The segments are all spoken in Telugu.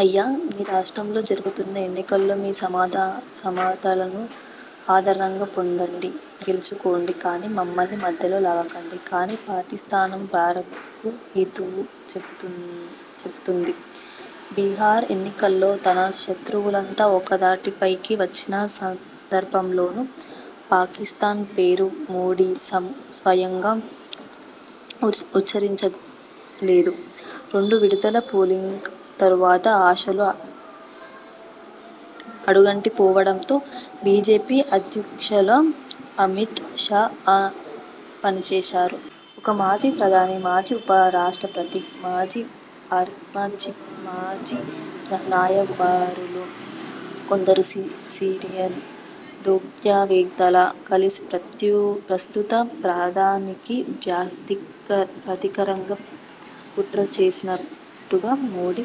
'అయ్యా! మీ రాష్ట్రంలో జరుగుతున్న ఎన్నికల్లో మీ సమాధానం ఆధారంగా పోరాడి గెల్చుకోండి కానీ, మమ్మల్ని మధ్యలోకి లాగకండి' అని పాకిస్థాన్ భారత్కు హితవు చెబుతున్నది. బీహార్ ఎన్నికల్లో తన శత్రువులంతా ఒక్కతాటిపైకి వచ్చిన సందర్భంలోనూ పాకిస్థాన్ పేరు మోదీ స్వయంగా ఉచ్చరించలేదు. రెండువిడతల పోలింగ్ తరువాత ఆశలు అడుగంటిపోవడంతో బీజేపీ అధ్యక్షుడు అమిత్ షా ఆ పనిచేశారు. ఒక మాజీ ప్రధాని, మాజీ ఉపరాష్ట్రపతి, మాజీ ఆర్మీచీఫ్, మాజీ రాయబారులు, కొందరు సీనియర్ దౌత్యవేత్తలు కలసి ప్రస్తుత ప్రధానికి వ్యతిరేకంగా కుట్రచేసినట్టుగా మోదీ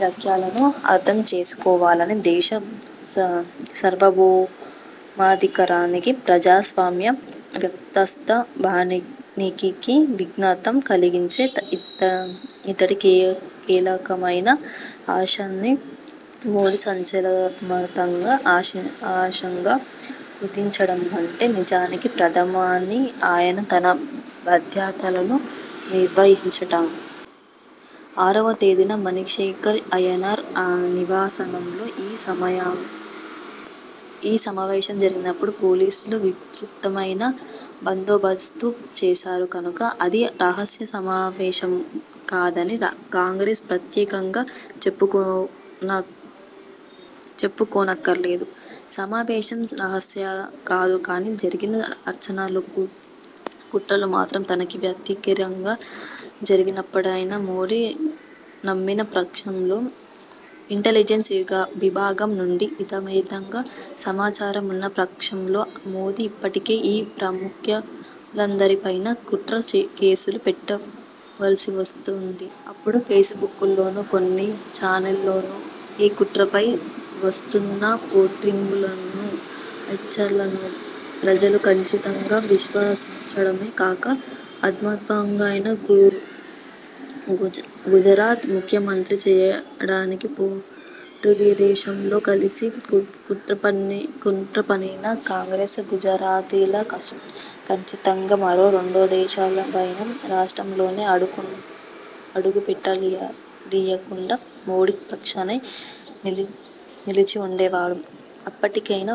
వ్యాఖ్యలను అర్థం చేసుకోవాలి. దేశ సార్వభౌమాధికారానికీ, ప్రజాస్వామ్య వ్యవస్థ ఉనికికీ విఘాతం కలిగించే ఇంతటి కీలకమైన అంశాన్ని మోదీ సంచలన్మాతక అశంగా కుదించడమంటే నిజానికి ప్రధానిగా ఆయన తన బాధ్యతలను విస్మరించినట్టే. ఆరవతేదీన మణిశంకర్ అయ్యర్ నివాసంలో ఈ సమావేశం జరిగినప్పుడు పోలీసులు విస్తృతమైన బందోబస్తు చేశారు కనుక, అది రహస్య సమావేశం కాదని కాంగ్రెస్ ప్రత్యేకంగా చెప్పుకోనక్కరలేదు. సమావేశం రహస్యం కాదు కానీ, జరిగిన చర్చలు, కుట్రలు మాత్రం తనకు వ్యతిరేకంగా జరిగినవేనని మోదీ నమ్మిన పక్షంలో, ఇంటలిజెన్స్ విభాగం నుంచి ఇదమిత్థంగా సమాచారం ఉన్న పక్షంలో మోదీ ఇప్పటికే ఈ ప్రముఖులందరిపైనా కుట్ర కేసులు పెట్టివుండాల్సింది. అప్పుడు ఫేస్బుక్కుల్లోనూ, కొన్ని చానెళ్ళలోనూ ఈ కుట్రపై వస్తున్న పోస్టింగులనూ, చర్చలను ప్రజలు కచ్చితంగా విశ్వసించడమే కాక, అహ్మద్పటేల్ను గుజరాత్ ముఖ్యమంత్రి చేయడానికి పొరుగుదేశంతో కలసి కుట్రపన్నిన కాంగ్రెస్ను గుజరాతీలు కచ్చితంగా మరో రెండుదశాబ్దాలైనా రాష్ట్రంలోకి అడుగుపెట్టనీయకుండా మోదీ పక్షానే నిలిచివుండేవారు. ఇప్పటికైనా,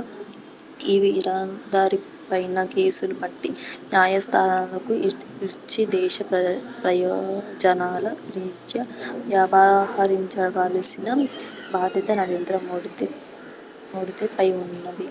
వీరందరిపైనా కేసులు పెట్టి న్యాయస్థానాలకు ఈడ్చి దేశ ప్రయోజనాల రీత్యా వ్యవహరించవలసిన బాధ్యత నరేంద్రమోదీపై ఉన్నది.